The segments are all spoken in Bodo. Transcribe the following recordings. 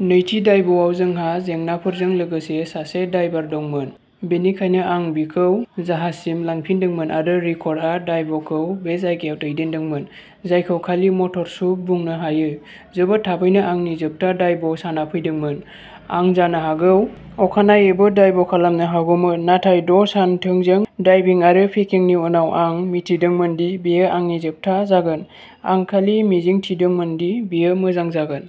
नैथि डाइभआव जोंहा जेंनाफोरजों लोगोसे सासे डायभार दंमोन, बेनिखायनो आं बिखौ जाहाजसिम लांफिनदोंमोन आरो रिकार्डआ डाइभखौ बै जायगायाव दैदेनदोंमोन जायखौ खालि मटर सुप बुंनो हायो। जोबोद थाबैनो आंनि जोबथा डाइभ सानआ सौफैदोंमोन। आं जानो हागौ अखानायैबो डाइभ खालामनो हागौमोन, नाथाय द' सान थोंजों डाइभिं आरो पेकिंनि उनाव आं मिथिदोंमोन दि बेयो आंनि जोबथा जागोन, आं खालि मिजिंथिदोंमोन दि बेयो मोजां जागोन।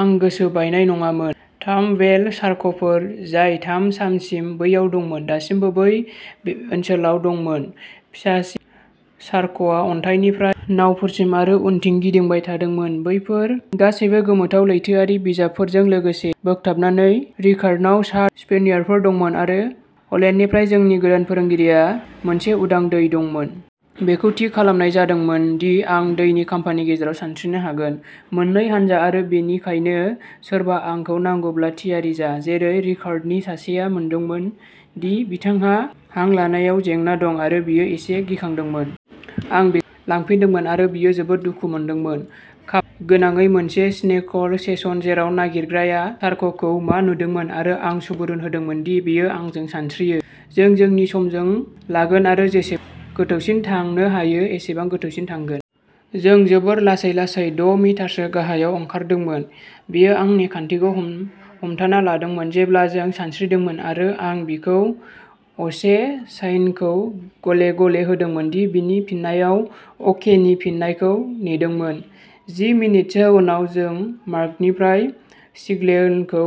आं गोसो बायनाय नङामोन, थाम व्हेल शार्कफोर, जाय थाम सानसिम बैयाव दंमोन, दासिमबो बे ओनसोलाव दंमोन। फिसासिन शार्कआ अन्थाइनिफ्राय नावफोरसिम आरो उनथिं गिदिंबाय थादोंमोन, बेफोर गासैबो गोमोथाव लैथोआरि जिबफोरजों गोसो बोगथाबनानै रिकार्ड नाव सा द' स्पेनियार्डफोर दंमोन आरो ह'लेन्डनिफ्राय जोंनि गोदान फोरोंगिरिया मोनसे उदां दै दंमोन। बेखौ थि खालामनाय जादोंमोन दि आं दैनि खाम्फानि गेजेराव सानस्रिनो हागोन। मोननै हानजा आरो बेनिखायनो सोरबा आंखौ नांगौब्ला थियारि जा। जेरै रिकार्ड'नि सासेआ मोनदोंमोन दि बिथांहा हां लानायाव जेंना दं आरो बियो एसे गिखांदोंमोन। आं बिखौ लांफिनदोंमोन आरो बियो जोबोद दुखु मोनदोंमोन, खाफाल गोनाङै मोनसे स्नर्केल सेसन जेराव नागिरग्राया शार्कखौ मा नुदोंमोन आरो आं सुबुरुन होदोंमोन दि बियो आंजों सानस्रियो, जों जोंनि समखौ लागोन आरो जेसेबां गोथौसिम थांनो हायो एसेबां गोथौसिम थांगोन। जों जोबोद लासै लासै द' मिटारसो गाहायाव ओंखारदोंमोन, बियो आंनि आखान्थिखौ हमथाना लादोंमोन जेब्ला जों सानस्रिदोंमोन आरो आं बिखौ अके साइनखौ गले-गले होदोंमोन आरो बिनि फिननायाव अके नि फिननायखौ नेदोंमोन। जि मिनिटसोनि उनाव जों मार्कनिफ्राय सिगनेलखौ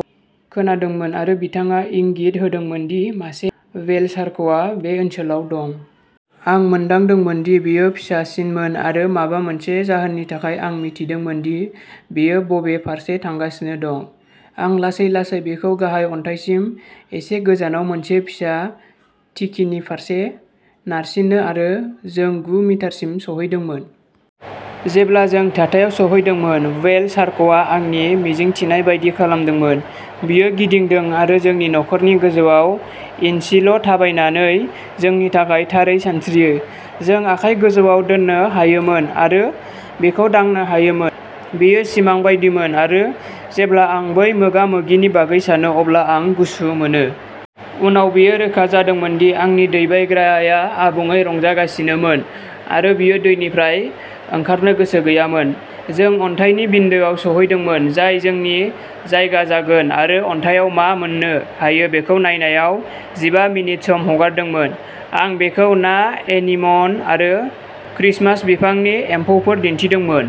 खोनादोंमोन आरो बिथाङा इंगित होदोंमोन दि मासे व्हेल शार्कआ बे ओनसोलाव दं। आं मोनदांदोंमोन दि बेयो फिसासिनमोन आरो माबा मोनसे जाहोननि थाखाय आं मिथिदोंमोन दि बियो बबे फारसे थांगासिनो दं। आं लासै-लासै बिखौ गाहाय अन्थाइनिफ्राय एसे गोजानाव मोनसे फिसा थिखिनि फारसे नारसिनो आरो जों गु मिटारसिम सौहैदोंमोन। जेब्ला जों थाथायाव सौहैदोंमोन, व्हेल शार्कआ आंनि मिजिंथिनाय बायदि खालामदोंमोन, बियो गिदिंदों आरो जोंनि खर'नि गोजौआव इनसि ल' थाबायनानै जोंनि थाखाय थारै सानस्रियो। जों आखाइ गोजौआव दोननो हायोमोन आरो बिखौ दांनो हायोमोन। बेयो सिमां बायदिमोन आरो जेब्ला आं बै मोगा-मोगिनि बागै सानो अब्ला आं गुसु मोनो। उनाव बेयो रोखा जादोंमोन दि आंनि दैबायग्राया आबुङै रंजागासिनोमोन आरो बियो दैनिफ्राय ओंखारनो गोसो गैयामोन। जों अन्थाइनि बिन्दोआव सौहैदोंमोन जाय जोंनि जायगा जागोन आरो अन्थाइआव मा मोन्नो हायो बेखौ नायनायाव जिबा मिनिट सम हगारदोंमोन। आं बिखौ ना, एनिमन आरो क्रिस्टमास बिफांनि एम्फौफोर दिन्थिदोंमोन।